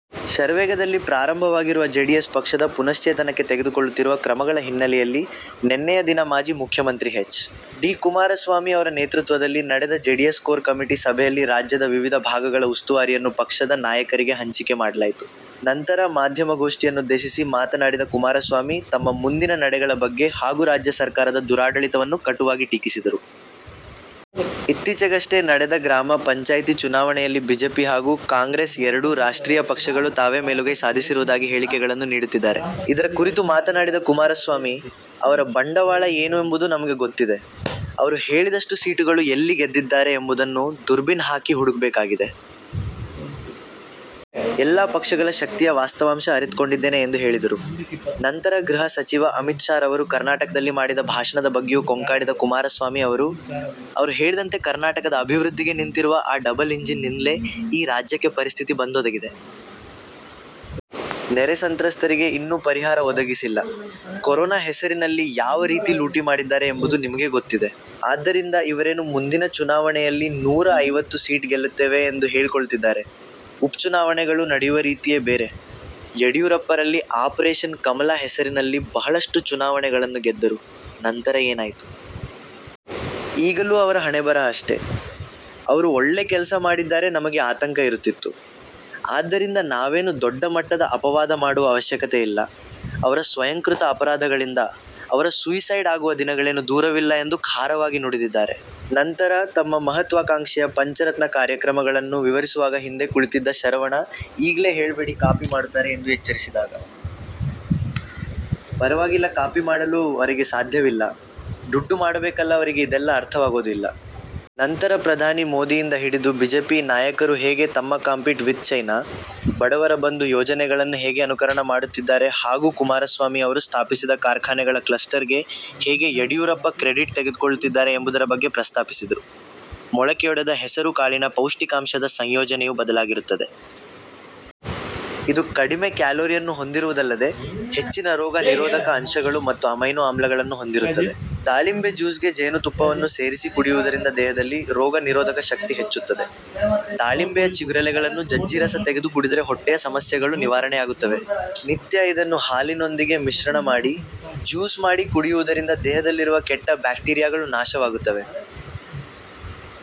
ಶರವೇಗದಲ್ಲಿ ಪ್ರಾರಂಭವಾಗಿರುವ ಜೆಡಿಎಸ್ ಪಕ್ಷದ ಪುನಶ್ಚೇತನಕ್ಕೆ ತೆಗೆದುಕೊಳ್ಳುತ್ತಿರುವ ಕ್ರಮಗಳ ಹಿನ್ನಲೆಯಲ್ಲಿ ನೆನ್ನೆಯ ದಿನ ಮಾಜಿ ಮುಖ್ಯಮಂತ್ರಿ ಹೆಚ್. ಡಿ ಕುಮಾರಸ್ವಾಮಿ ಅವರ ನೇತೃತ್ವದಲ್ಲಿ ನಡೆದ ಜೆಡಿಎಸ್ ಕೋರ್ ಕಮಿಟಿ ಸಭೆಯಲ್ಲಿ ರಾಜ್ಯದ ವಿವಿಧ ಭಾಗಗಳ ಉಸ್ತುವಾರಿಯನ್ನು ಪಕ್ಷದ ನಾಯಕರಿಗೆ ಹಂಚಿಕೆ ಮಾಡಲಾಯಿತು. ನಂತರ ಮಾಧ್ಯಮಘೋಷ್ಠಿಯನ್ನುದ್ದೇಶಿಸಿ ಮಾತನಾಡಿದ ಕುಮಾರಸ್ವಾಮಿ ತಮ್ಮ ಮುಂದಿನ ನಡೆಗಳ ಬಗ್ಗೆ ಹಾಗು ರಾಜ್ಯ ಸರ್ಕಾರದ ದುರಾಡಳಿತವನ್ನು ಕಟುವಾಗಿ ಟೀಕಿಸಿದರು. ಇತ್ತೀಚೆಗಷ್ಟೇ ನಡೆದ ಗ್ರಾಮ ಪಂಚಾಯಿತಿ ಚುನಾವಣೆಯಲ್ಲಿ ಬಿಜೆಪಿ ಹಾಗು ಕಾಂಗ್ರೆಸ್ ಎರಡೂ ರಾಷ್ಟ್ರೀಯ ಪಕ್ಷಗಳು ತಾವೇ ಮೇಲುಗೈ ಸಾಧಿಸಿರುವುದಾಗಿ ಹೇಳಿಕೆಗಳನ್ನು ನೀಡುತ್ತಿದ್ದಾರೆ. ಇದರ ಕುರಿತು ಮಾತನಾಡಿದ ಕುಮಾರಸ್ವಾಮಿ 'ಅವರ ಬಂಡವಾಳ ಏನು ಎಂಬುದು ನಮಗೆ ಗೊತ್ತಿದೆ. ಅವರು ಹೇಳಿದಷ್ಟು ಸೀಟುಗಳು ಎಲ್ಲಿ ಗೆದ್ದಿದ್ದಾರೆ ಎಂಬುದನ್ನು ದುರ್ಬಿನ್ ಹಾಕಿ ಹುಡುಕಬೇಕಾಗಿದೆ. ಎಲ್ಲಾ ಪಕ್ಷಗಳ ಶಕ್ತಿಯ ವಾಸ್ತವಾಂಶ ಅರಿತುಕೊಂಡಿದ್ದೇನೆ' ಎಂದು ಹೇಳಿದರು. ನಂತರ ಗೃಹ ಸಚಿವ ಅಮಿತ್ ಶಾ ರವರು ಕರ್ನಾಟಕದಲ್ಲಿ ಮಾಡಿದ ಭಾಷಣದ ಬಗ್ಗೆಯೂ ಕೊಂಕಾಡಿದ ಕುಮಾರಸ್ವಾಮಿ ಅವರು ' ಅವರು ಹೇಳಿದಂತೆ ಕರ್ನಾಟಕದ ಅಭಿವೃದ್ಧಿಗೆ ನಿಂತಿರುವ ಆ ಡಬಲ್ ಇಂಜಿನ್ ನಿಂದಲೇ ಈ ರಾಜ್ಯಕ್ಕೆ ಪರಿಸ್ಥಿತಿ ಬಂದೊದಗಿದೆ. ನೆರೆ ಸಂತ್ರಸ್ತರಿಗೆ ಇನ್ನು ಪರಿಹಾರ ಒದಗಿಸಿಲ್ಲ. ಕೊರೋನಾ ಹೆಸರಿನಲ್ಲಿ ಯಾವ ರೀತಿ ಲೂಟಿ ಮಾಡಿದ್ದಾರೆ ಎಂಬುದು ನಿಮಗೇ ಗೊತ್ತಿದೆ. ಆದ್ದರಿಂದ ಇವರೇನು ಮುಂದಿನ ಚುನಾವಣೆಯಲ್ಲಿ ನೂರ ಐವತ್ತು ಸೀಟ್ ಗೆಲ್ಲುತ್ತೇವೆ ಎಂದು ಹೇಳಿಕೊಳ್ಳುತ್ತಿದ್ದಾರೆ, ಉಪಚುನಾವಣೆಗಳು ನಡೆಯುವ ರೀತಿಯೇ ಬೇರೆ. ಯಡಿಯೂರಪ್ಪ ರಲ್ಲಿ ಆಪರೇಷನ್ ಕಮಲಾ ಹೆಸರಿನಲ್ಲಿ ಬಹಳಷ್ಟು ಚುನಾವಣೆಗಳನ್ನು ಗೆದ್ದರು, ನಂತರ ಏನಾಯಿತು. ಈಗಲೂ ಅವರ ಹಣೆಬರಹ ಅಷ್ಟೇ. ಅವರು ಒಳ್ಳೆ ಕೆಲಸ ಮಾಡಿದ್ದಾರೆ ನಮಗೆ ಆತಂಕ ಇರುತ್ತಿತ್ತು. ಆದ್ದರಿಂದ ನಾವೇನು ದೊಡ್ಡ ಮಟ್ಟದ ಅಪವಾಧ ಮಾಡುವ ಅವಶ್ಯಕತೆ ಇಲ್ಲ, ಅವರ ಸ್ವಯಂಕೃತ ಅಪರಾಧಗಳಿಂದ ಅವರ ಸುಯಿಸೈಡ್ ಆಗುವ ದಿನಗಳೇನು ದೂರವಿಲ್ಲ ಎಂದು ಖಾರವಾಗಿ ನುಡಿದಿದ್ದಾರೆ. ನಂತರ ತಮ್ಮ ಮಹತ್ವಾಕಾಂಕ್ಷೆಯ ಪಂಚರತ್ನ ಕಾರ್ಯಕ್ರಮಗಳನ್ನು ವಿವರಿಸುವಾಗ ಹಿಂದೆ ಕುಳಿತಿದ್ದ ಶರವಣ ಈಗಲೇ ಹೇಳಬೇಡಿ ಕಾಪಿ ಮಾಡುತ್ತಾರೆ ಎಂದು ಎಚ್ಚರಿಸಿದಾಗ, ಪರವಾಗಿಲ್ಲ ಕಾಪಿ ಮಾಡಲು ಅವರಿಗೆ ಸಾಧ್ಯವಿಲ್ಲ, ದುಡ್ಡು ಮಾಡಬೇಕಲ್ಲ ಅವರಿಗೆ ಇದೆಲ್ಲ ಅರ್ಥವಾಗೋದು ಇಲ್ಲ. ನಂತರ ಪ್ರಧಾನಿ ಮೋದಿಯಿಂದ ಹಿಡಿದು ಬಿಜೆಪಿ ನಾಯಕರು ಹೇಗೆ ತಮ್ಮ'ಕಾಂಪೀಟ್ ವಿಥ್ ಚೈನಾ', 'ಬಡವರ ಬಂಧು' ಯೋಜನೆಗಳನ್ನು ಹೇಗೆ ಅನುಕರಣ ಮಾಡುತ್ತಿದ್ದಾರೆ ಹಾಗು ಕುಮಾರಸ್ವಾಮಿ ಅವರು ಸ್ಥಾಪಿಸಿದ ಕಾರ್ಖಾನೆಗಳ ಕ್ಲಸ್ಟರ್ ಗೆ ಹೇಗೆ ಯಡಿಯೂರಪ್ಪ ಕ್ರೆಡಿಟ್ ತೆಗೆದುಕೊಳ್ಳುತ್ತಿದ್ದಾರೆ ಎಂಬುದರ ಬಗ್ಗೆ ಪ್ರಸ್ತಾಪಿಸಿದರು. ಮೊಳಕೆಯೊಡೆದ ಹೆಸರು ಕಾಳಿನ ಪೌಷ್ಟಿಕಾಂಶದ ಸಂಯೋಜನೆಯು ಬದಲಾಗಿರುತ್ತದೆ. ಇದು ಕಡಿಮೆ ಕ್ಯಾಲೋರಿಯನ್ನು ಹೊಂದಿರುವುದಲ್ಲದೇ, ಹೆಚ್ಚಿನ ರೋಗ ನಿರೋಧಕ ಅಂಶಗಳು ಮತ್ತು ಅಮೈನೋ ಆಮ್ಲಗಳನ್ನು ಹೊಂದಿರುತ್ತದೆ. ದಾಳಿಂಬೆ ಜ್ಯೂಸ್ಗೆ ಜೇನು ತುಪ್ಪವನ್ನು ಸೇರಿಸಿ ಕುಡಿಯುವುದರಿಂದ ದೇಹದಲ್ಲಿ ರೋಗ ನಿರೋಧಕ ಶಕ್ತಿ ಹೆಚ್ಚುತ್ತದೆ. ದಾಳಿಂಬೆಯ ಚಿಗುರೆಲೆಗಳನ್ನು ಜಜ್ಜಿ ರಸ ತೆಗೆದು ಕುಡಿದರೆ ಹೊಟ್ಟೆಯ ಸಮಸ್ಯೆಗಳು ನಿವಾರಣೆಯಾಗುತ್ತವೆ. ನಿತ್ಯ ಇದನ್ನು ಹಾಲಿನೊಂದಿಗೆ ಮಿಶ್ರಣ ಮಾಡಿ, ಜ್ಯೂಸ್ ಮಾಡಿ ಕುಡಿಯುವುದರಿಂದ ದೇಹದಲ್ಲಿರುವ ಕೆಟ್ಟ ಬ್ಯಾಕ್ಟೀರಿಯಾಗಳು ನಾಶವಾಗುತ್ತವೆ.